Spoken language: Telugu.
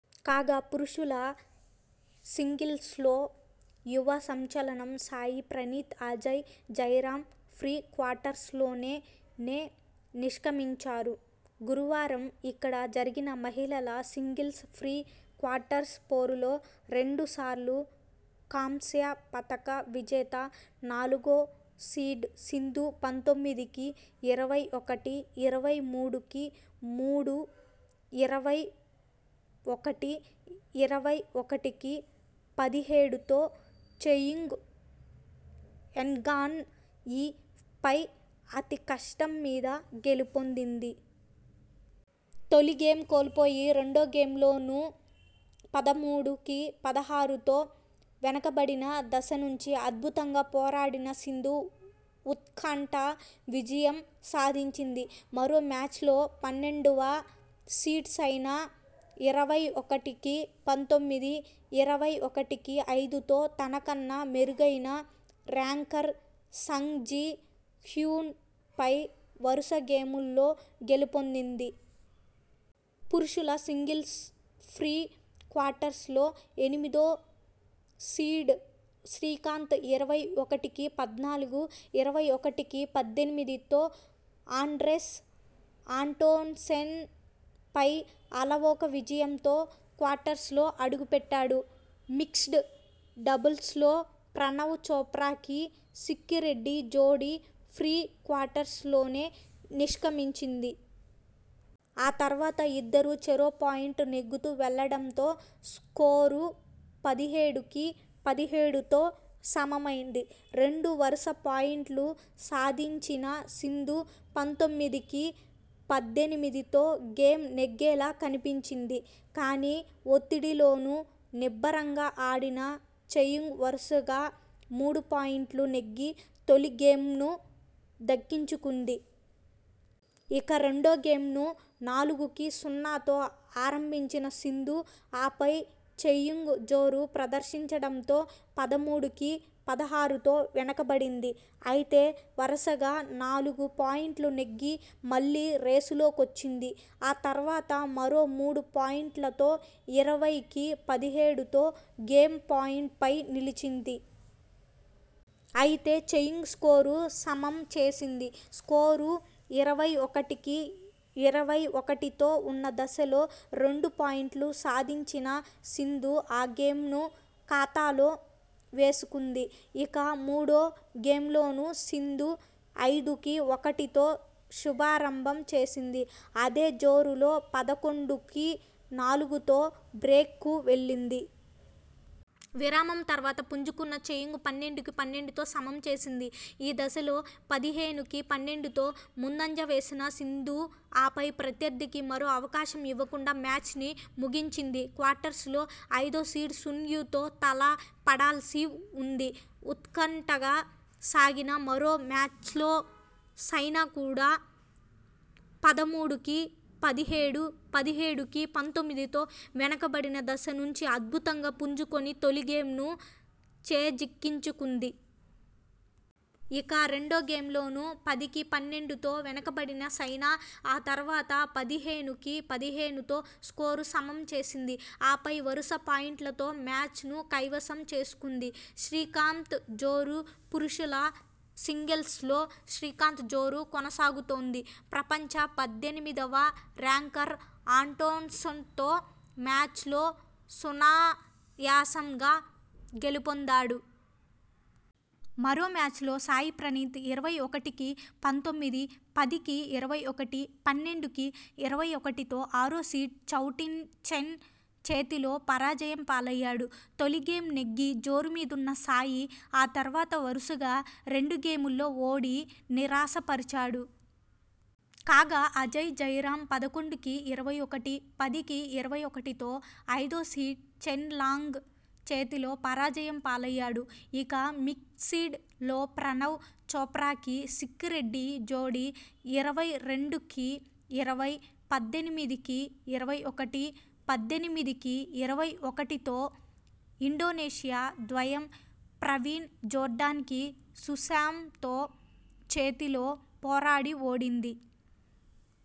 కాగా.. పురుషుల సింగిల్స్లో యువ సంచలనం సాయి ప్రణీత్, అజయ్ జయరామ్ ప్రీ క్వార్టర్స్ లోనే నే నిష్క్రమించారు. గురువారం ఇక్కడ జరిగిన మహిళల సింగిల్స్ ప్రీ క్వార్టర్స్ పోరులో రెండుసార్లు కాంస్య పతక విజేత, నాలుగో సీడ్ సింధు పంతొమ్మిది కి ఇరవై ఒకటి, ఇరవై మూడు కి మూడు ఇరవై ఒకటి, ఇరవై ఒకటి కి పదిహేడుతో చెయుంగ్ ఎన్గాన్ యి పై అతి కష్టం మీద గెలుపొందింది. తొలి గేమ్ కోల్పోయి రెండో గేమ్లో నూ పదమూడు కి పదహారుతో వెనకబడిన దశ నుంచి అద్భుతంగా పోరాడిన సింధు ఉత్కంఠ విజయం సాధించింది. మరో మ్యాచ్లో పన్నెండువ సీడ్ సైనా ఇరవై ఒకటి కి పంతొమ్మిది, ఇరవై ఒకటి కి ఐదుతో తనకన్నా మెరుగైౖన ర్యాంకర్ సంగ్ జి హ్యున్ పై వరుస గేముల్లో గెలుపొందింది. పురుషుల సింగిల్స్ ప్రీ క్వార్టర్స్లో ఎనిమిదో సీడ్ శ్రీకాంత్ ఇరవై ఒకటి కి పద్నాలుగు, ఇరవై ఒకటి కి పద్దెనిమిదితో ఆండ్రెస్ ఆంటోన్సెన్ పై అలవోక విజయంతో క్వార్టర్స్లో అడుగుపెట్టాడు. మిక్స్డ్ డబుల్స్లో ప్రణవ్ చోప్రా కి సిక్కిరెడ్డి జోడీ ప్రీ క్వార్టర్స్ లోనే నిష్క్రమించింది. ఆ తర్వాత ఇద్దరూ చెరో పాయింట్ నెగ్గుతూ వెళ్లడం తో స్కోరు పదిహేడు కి పదిహేడుతో సమమైంది. రెండు వరుస పాయింట్లు సాధించిన సింధు పంతొమ్మిది కి పద్దెనిమిదితో గేమ్ నెగ్గేలా కనిపించింది. కానీ.. ఒత్తిడిలోనూ నిబ్బరంగా ఆడిన చెయుంగ్ వరుసగా మూడు పాయింట్లు నెగ్గి తొలి గేమ్ను దక్కించుకుంది. ఇక రెండోగేమ్ను నాలుగు కి సున్నాతో ఆరంభించిన సింధు.. ఆపై చెయుంగ్ జోరు ప్రదర్శించడంతో పదమూడు కి పదహారుతో వెనకబడింది. అయితే వరుసగా నాలుగు పాయింట్లు నెగ్గి మళ్లీ రేసులోకొచ్చింది. ఆ తర్వాత మరో మూడు పాయింట్లతో ఇరవై కి పదిహేడుతో గేమ్ పాయింట్ పై నిలిచింది. అయితే చెయుంగ్ స్కోరు సమం చేసింది. స్కోరు ఇరవై ఒకటి కి ఇరవై ఒకటితో ఉన్న దశలో రెండు పాయింట్లు సాధించిన సింధు ఆ గేమ్ను ఖాతాలో వేసుకుంది. ఇక మూడో గేమ్లోనూ సింధు ఐదు కి ఒకటితో శుభారంభం చేసింది. అదే జోరులో పదకొండు కి నాలుగుతో బ్రేక్ కు వెళ్లింది. విరామం తర్వాత పుంజుకున్న చెయుంగ్ పన్నెండు కి పన్నెండుతో సమం చేసింది. ఈ దశలో పదిహేను కి పన్నెండుతో ముందంజ వేసిన సింధు ఆపై ప్రత్యర్థికి మరో అవకాశం ఇవ్వకుండా మ్యాచ్ను ముగించింది. క్వార్టర్స్లో ఐదోసీడ్ సున్ యు తో తలపడాల్సి ఉంది. ఉత్కంఠగా సాగిన మరో మ్యాచ్లో సైనా కూడా పదమూడు- కి పదిహేడు, పదిహేడు కి పంతొమ్మిదితో వెనకబడిన దశ నుంచి అద్భుతంగా పుంజుకొని తొలిగేమ్ ను చేజిక్కించుకుంది. ఇక రెండో గేమ్లోనూ పది కి పన్నెండుతో వెనకబడిన సైనా ఆ తర్వాత పదిహేను కి పదిహేనుతో స్కోరు సమం చేసింది. ఆపై వరుస పాయింట్లతో మ్యాచ్ ను కైవసం చేసుకుంది. శ్రీకాంత్ జోరు.. పురుషుల సింగిల్స్లో శ్రీకాంత్ జోరు కొనసాగుతోంది. ప్రపంచ పద్దెనిమిదివ ర్యాంకర్ ఆంటోన్సెన్తో మ్యాచ్లో సునాయాసం గా గెలుపొందాడు. మరో మ్యాచ్లో సాయి ప్రణీత్ ఇరవై ఒకటి కి పంతొమ్మిది, పది కి ఇరవై ఒకటి, పన్నెండు కి ఇరవై ఒకటితో ఆరోసీడ్ చౌ టిన్ చెన్ చేతిలో పరాజయం పాలయ్యాడు. తొలి గేమ్ నెగ్గి జోరుమీదున్న సాయి ఆ తర్వాత వరుసగా రెండు గేముల్లో ఓడి నిరాశపరి చాడు. కాగా.. అజయ్ జయరాం పదకొండు కి ఇరవై ఒకటి, పది కి ఇరవై ఒకటితో ఐదోసీడ్ చెన్ లాంగ్ చేతిలో పరాజయం పాలయ్యాడు. ఇక మిక్సిడ్ లో ప్రణవ్ చోప్రా కి సిక్కి రెడ్డి జోడీ ఇరవై రెండు కి ఇరవై, పద్దెనిమిది కి ఇరవై ఒకటి, పద్దెనిమిది కి ఇరవై ఒకటితో ఇండోనేసియా ద్వయం ప్రవీణ్ జోర్డాన్ కి సుశాంతో చేతిలో పోరాడి ఓడింది.